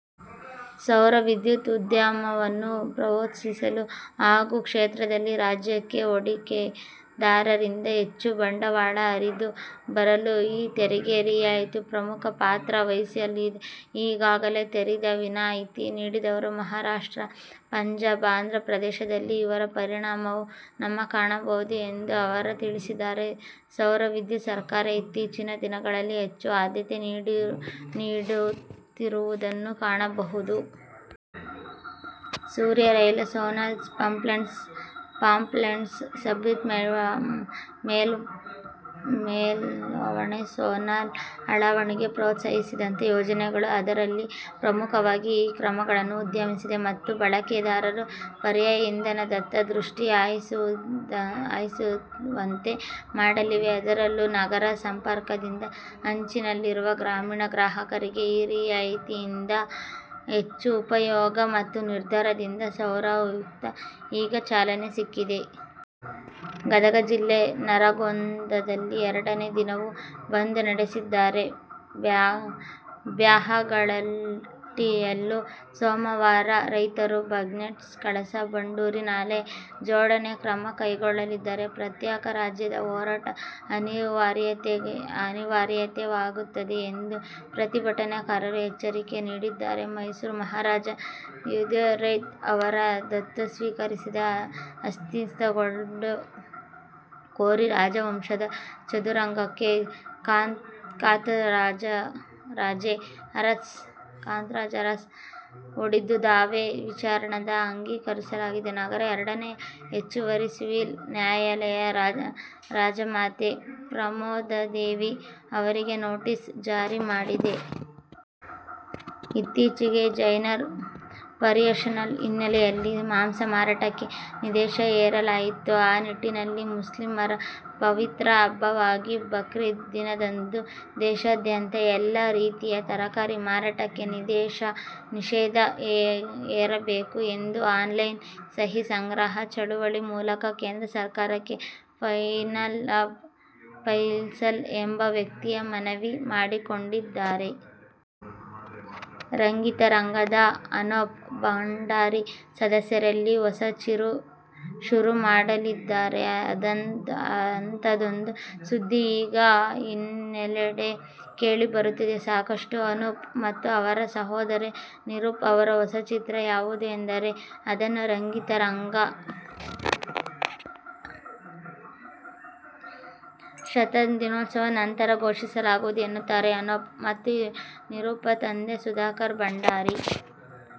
ಸೌರವಿದ್ಯುತ್ ಉದ್ಯಮವನ್ನು ಪ್ರೋತ್ಸಾಹಿಸಲು ಹಾಗೂ ಈ ಕ್ಷೇತ್ರದಲ್ಲಿ ರಾಜ್ಯಕ್ಕೆ ಹೂಡಿಕೆದಾರರಿಂದ ಹೆಚ್ಚು ಬಂಡವಾಳ ಹರಿದು ಬರಲು ಈ ತೆರಿಗೆ ರಿಯಾಯ್ತಿ ಪ್ರಮುಖ ಪಾತ್ರ ವಹಿಸಲಿದೆ. ಈಗಾಗಲೇ ತೆರಿಗೆ ವಿನಾಯ್ತಿ ನೀಡಿರುವ ಮಹಾರಾಷ್ಟ್ರ, ಪಂಜಾಬ್, ಆಂಧ್ರಪ್ರದೇಶದಲ್ಲಿ ಇದರ ಪರಿಣಾಮವನ್ನು ನಾವು ಕಾಣಬಹುದು ಎಂದು ಅವರು ತಿಳಿಸಿದ್ದಾರೆ. ಸೌರವಿದ್ಯುತ್ಗೆ ಸರ್ಕಾರ ಇತ್ತೀಚಿನ ದಿನಗಳಲ್ಲಿ ಹೆಚ್ಚು ಆದ್ಯತೆ ನೀಡುತ್ತಿರುವುದನ್ನು ಕಾಣಬಹುದು. ಸೂರ್ಯ ರೈತ, ಸೋಲಾರ್ ಪಂಪ್ಸೆಟ್ಗಳಿಗೆ ಸಬ್ಸಿಡಿ, ಮೇಲ್ಛಾವಣಿ ಸೋಲಾರ್ ಅಳವಡಿಕೆಗೆ ಪ್ರೋತ್ಸಾಹದಂತಹ ಯೋಜನೆಗಳು ಅದರಲ್ಲಿ ಪ್ರಮುಖವಾಗಿವೆ. ಈ ಕ್ರಮಗಳು ಉದ್ಯಮಿಗಳು ಮತ್ತು ಬಳಕೆದಾರರು ಪರ್ಯಾಯ ಇಂಧನದತ್ತ ದೃಷ್ಟಿ ಹಾಯಿಸುವಂತೆ ಮಾಡಲಿವೆ. ಅದರಲ್ಲೂ ನಗರ ಸಂಪರ್ಕದಿಂದ ಅಂಚಿನಲ್ಲಿರುವ ಗ್ರಾಮೀಣ ಗ್ರಾಹಕರಿಗೆ ಈ ರಿಯಾಯ್ತಿಯಿಂದ ಹೆಚ್ಚು ಉಪಯೋಗವಾಗಲಿದೆ. ಈ ನಿರ್ಧಾರದಿಂದ ಸೌರಯುಗಕ್ಕೆ ಈಗ ಚಾಲನೆ ಸಿಕ್ಕಿದೆ. ಗದಗ ಜಿಲ್ಲೆ ನರಗುಂದದಲ್ಲಿ ಎರಡನೇ ದಿನವೂ ಬಂದ್ ನಡೆಸಿದರೆ, ಬ್ಯಾಹಟ್ಟಿಯಲ್ಲೂ ಸೋಮವಾರ ರೈತರು ಬಂದ್ನಡೆಸಿದ್ದಾರೆ. ಕಳಸಾ ಬಂಡೂರಿ ನಾಲೆ ಜೋಡಣೆಗೆ ಕ್ರಮ ಕೈಗೊಳ್ಳದಿದ್ದಲ್ಲಿ ಪ್ರತ್ಯೇಕ ರಾಜ್ಯದ ಹೋರಾಟ ಅನಿವಾರ್ಯವಾಗುತ್ತದೆ ಎಂದು ಪ್ರತಿಭಟನಾಕಾರರು ಎಚ್ಚರಿಕೆ ನೀಡಿದ್ದಾರೆ. ಮೈಸೂರು ಮಹಾರಾಜ ಯದುವೀರ್ ಅವರ ದತ್ತು ಸ್ವೀಕಾರ ಅಸಿಂಧುಗೊಳಿಸುವಂತೆ ಕೋರಿ ರಾಜವಂಶಸ್ಥ ಚದುರಂಗ ಕಾಂತರಾಜೇ ಅರಸ್ ಹೂಡಿದ್ದ ದಾವೆ ವಿಚಾರಣೆಗೆ ಅಂಗೀಕರಿಸಿರುವ ನಗರ ಎರಡನೇ ಹೆಚ್ಚುವರಿ ಸಿವಿಲ್ ನ್ಯಾಯಾಲಯ ರಾಜಮಾತೆ ಪ್ರಮೋದಾದೇವಿ ಅವರಿಗೆ ನೋಟಿಸ್ ಜಾರಿ ಮಾಡಿದೆ. ಇತ್ತೀಚೆಗೆ ಜೈನರ ಪರ್ಯೂಷನ್ ಹಿನ್ನೆಲೆಯಲ್ಲಿ ಮಾಂಸ ಮಾರಾಟಕ್ಕೆ ನಿಷೇಧ ಹೇರಲಾಗಿತ್ತು. ಆ ನಿಟ್ಟಿನಲ್ಲಿ ಮುಸ್ಲಿಮರ ಪವಿತ್ರ ಹಬ್ಬವಾದ ಬಕ್ರೀದ್ ದಿನದಂದು ದೇಶಾದ್ಯಂತ ಎಲ್ಲಾ ರೀತಿಯ ತರಕಾರಿ ಮಾರಾಟಕ್ಕೆ ನಿಷೇಧ ಹೇರಬೇಕು ಎಂದು ಆನ್ ಲೈನ್ ಸಹಿ ಸಂಗ್ರಹ ಚಳವಳಿ ಮೂಲಕ ಕೇಂದ್ರ ಸರ್ಕಾರಕ್ಕೆ ಫಲಾಹ್ ಫೈಸಲ್ ಎಂಬ ವ್ಯಕ್ತಿ ಮನವಿ ಮಾಡಿಕೊಂಡಿದ್ದಾರೆ! ರಂಗಿತರಂಗದ ಅನೂಪ್ ಭಂಡಾರಿ ಸದ್ಯದಲ್ಲೇ ಹೊಸ ಚಿತ್ರ ಶುರು ಮಾಡಲಿದ್ದಾರಂತೆ. ಅಂಥದ್ದೊಂದು ಸುದ್ದಿ ಈಗ ಎಲ್ಲೆಡೆ ಕೇಳಿ ಬರುತ್ತಿದೆ. ಇಷ್ಟಕ್ಕೂ ಅನೂಪ್ ಮತ್ತು ಅವರ ಸಹೋದರ ನಿರೂಪ್ ಅವರ ಹೊಸ ಚಿತ್ರ ಯಾವುದು ಎಂದರೆ, ಅದನ್ನು "ರಂಗಿತರಂಗ'ದ ಶತದಿನೋತ್ಸವದ ನಂತರ ಘೋಷಿಸಲಾಗುವುದು ಎನ್ನುತ್ತಾರೆ ಅನೂಪ್ ಮತ್ತು ನಿರೂಪ್ರ ತಂದೆ ಸುಧಾಕರ್ ಭಂಡಾರಿ.